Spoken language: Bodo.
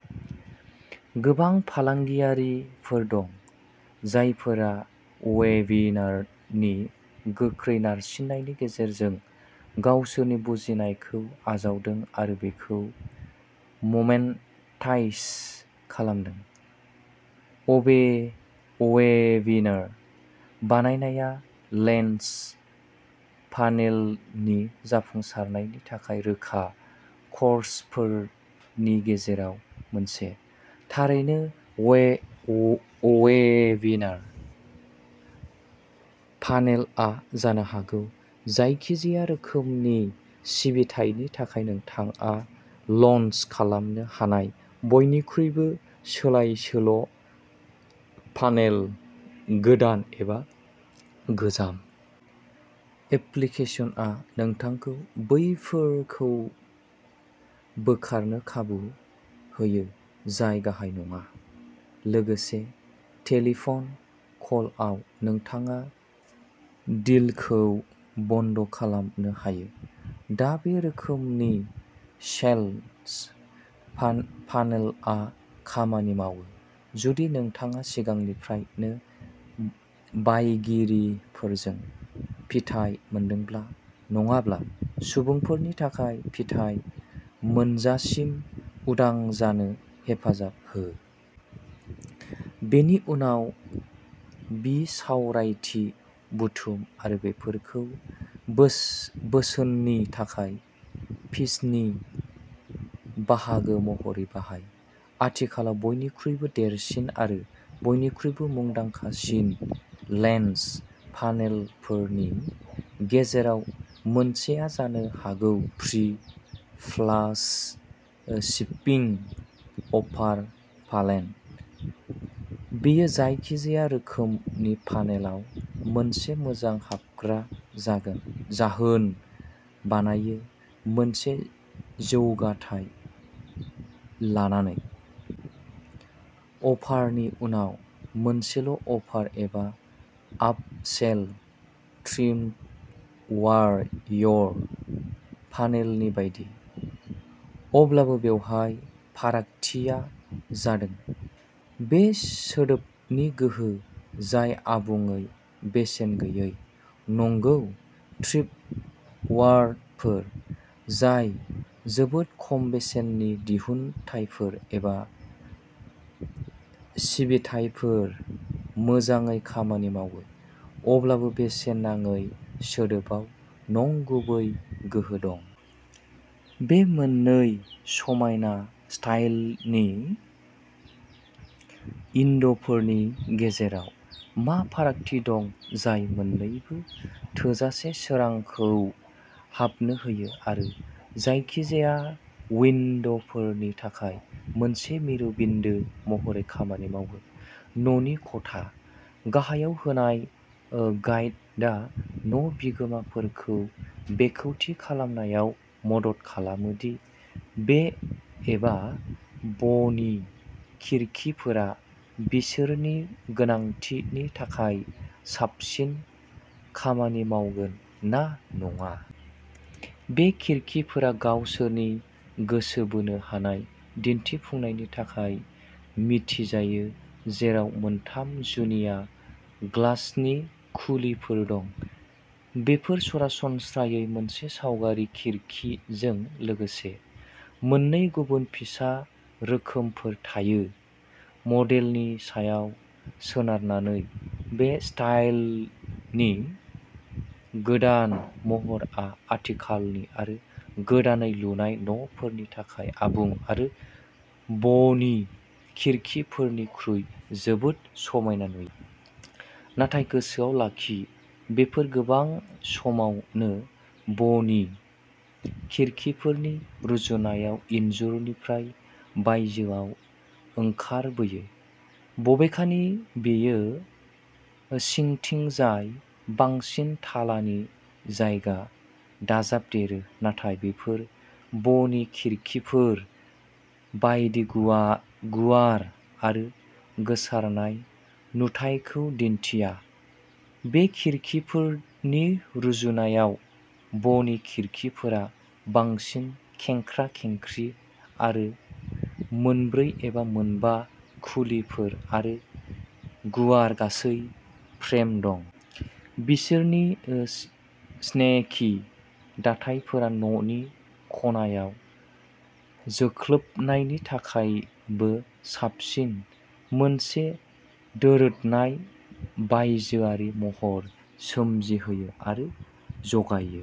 गोबां फालांगियारिफोर दं, जायफोरा अवेबिनारनि गोख्रै नारसिननायनि गेजेरजों गावसोरनि बुजिनायखौ आजावदों आरो बेखौ ममेनटाइज खालामदों। अवेबिनार बानायनाया लेन्स फानेलनि जाफुंसारनायनि थाखाय रोखा कर्सफोरनि गेजेराव मोनसे। थारैनो, वे अवेबिनार फानेलआ जानो हागौ जायखिजाया रोखोमनि सिबिथायनि थाखाय नोंथाङा लन्च खालामनो हानाय बयनिख्रुइबो सोलायसोल' फानेल गोदान एबा गोजाम। एप्लिकेशनआ नोंथांखौ बैफोरफोरखौ बोखारनो खाबु होयो जाय गाहाय नङा। लोगोसे टेलिफन कलआव, नोंथाङा डिलखौ बन्द' खालामनो हायो। दा, बे रोखोमनि सेल्स फान फानेलआ खामानि मावो जुदि नोंथाङा सिगांनिफ्रायनो बायगिरिफोरजों फिथाय मोनदोंब्ला। नङाब्ला, सुबुंफोरनि थाखाय फिथाय मोनजासिम उदां जानो हेफाजाब हो। बेनि उनाव, बिसावरायथि बुथुम आरो बेफोरखौ बोस बोसोननि थाखाय पिचनि बाहागो महरै बाहाय। आथिखालाव बयनिख्रुइबो देरसिन आरो बयनिख्रुइबो मुंदांखासिन लेन्स फानेलफोरनि गेजेराव मोनसेआ जानो हागौ फ्रि-प्लास-ओ शिपिं अफार फानेल। बेयो जायखिजाया रोखोमनि फानेलाव मोनसे मोजां हाबग्रा जागोन जाहोन बानायो मोनसे जौगाथाय लानानै। अफारनि उनाव मोनसेल' अफार एबा आप-सेल ट्रिमवारयर फानेलनि बायदि। अब्लाबो बेवहाय फारागथिया जादों बे सोदोबनि गोहो जाय आबुङै बेसेन गैयै। नंगौ, ट्रिपवारफोर, जाय जोबोद खम बेसेननि दिहुनथायफोर एबा सिबिथाइफोर, मोजाङै खामानि मावो। अब्लाबो बेसेन नाङै सोदोबाव नंगुबै गोहो दं। बे मोननै समायना स्टाइलनि उइन्ड'फोरनि गेजेराव मा फारागथि दं जाय मोननैबो थोजासे सोरांखौ हाबनो होयो आरो जायखिजाया उइन्ड'फोरनि थाखाय मोनसे मिरु बिन्दो महरै खामानि मावो। न'नि खथा? गाहायाव होनाय गाइदा न' बिगोमाफोरखौ बेखौ थि खालामनायाव मदद खालामो दि बे एबा ब'नि खिरखिफोरा बिसोरनि गोनांथिनि थाखाय साबसिन खामानि मावगोन ना नङा। बे खिरखिफोरा गावसोरनि गोसो बोनो हानाय दिन्थिफुंनायनि थाखाय मिथिजायो, जेराव मोनथाम जुनिया ग्लासनि खुलिफोर दं। बेफोर सरासनस्रायै मोनसे सावगारि खिरखिजों लोगोसे मोननै गुबुन फिसा रोखोमफोर थायो मडेलनि सायाव सोनारनानै। बे स्टाइलनि गोदान महरआ आथिखालनि आरो गोदानै लुनाय न'फोरनि थाखाय आबुं आरो ब'नि खिरखिफोरनिख्रुइ जोबोद समायना नुयो। नाथाय गोसोआव लाखि, बेफोर गोबां समावनो ब'नि खिरखिफोरनि रुजुनायाव इनजुरनिफ्राय बायजोआव ओंखारबोयो। बबेखानि बेयो सिंथिंजाय बांसिन थालानि जायगा दाजाबदेरो नाथाय बेफोर ब'नि खिरखिफोर बायदि गुवा गुवार आरो गोसारनाय नुथाइखौ दिन्थिया। बे खिरखिफोरनि रुजुनायाव ब'नि खिरखिफोरा बांसिन खेंख्रा-खेंख्रि आरो मोनब्रै एबा मोनबा खुलिफोर आरो गुवार गासै फ्रेम दं। बिसोरनि ओस स्नेकि दाथायफोरा न'नि खनायाव जोख्लोबनायनि थाखायबो साबसिन, मोनसे दोरोदनाय बायजोआरि महर सोमजिहोयो आरो जगायो।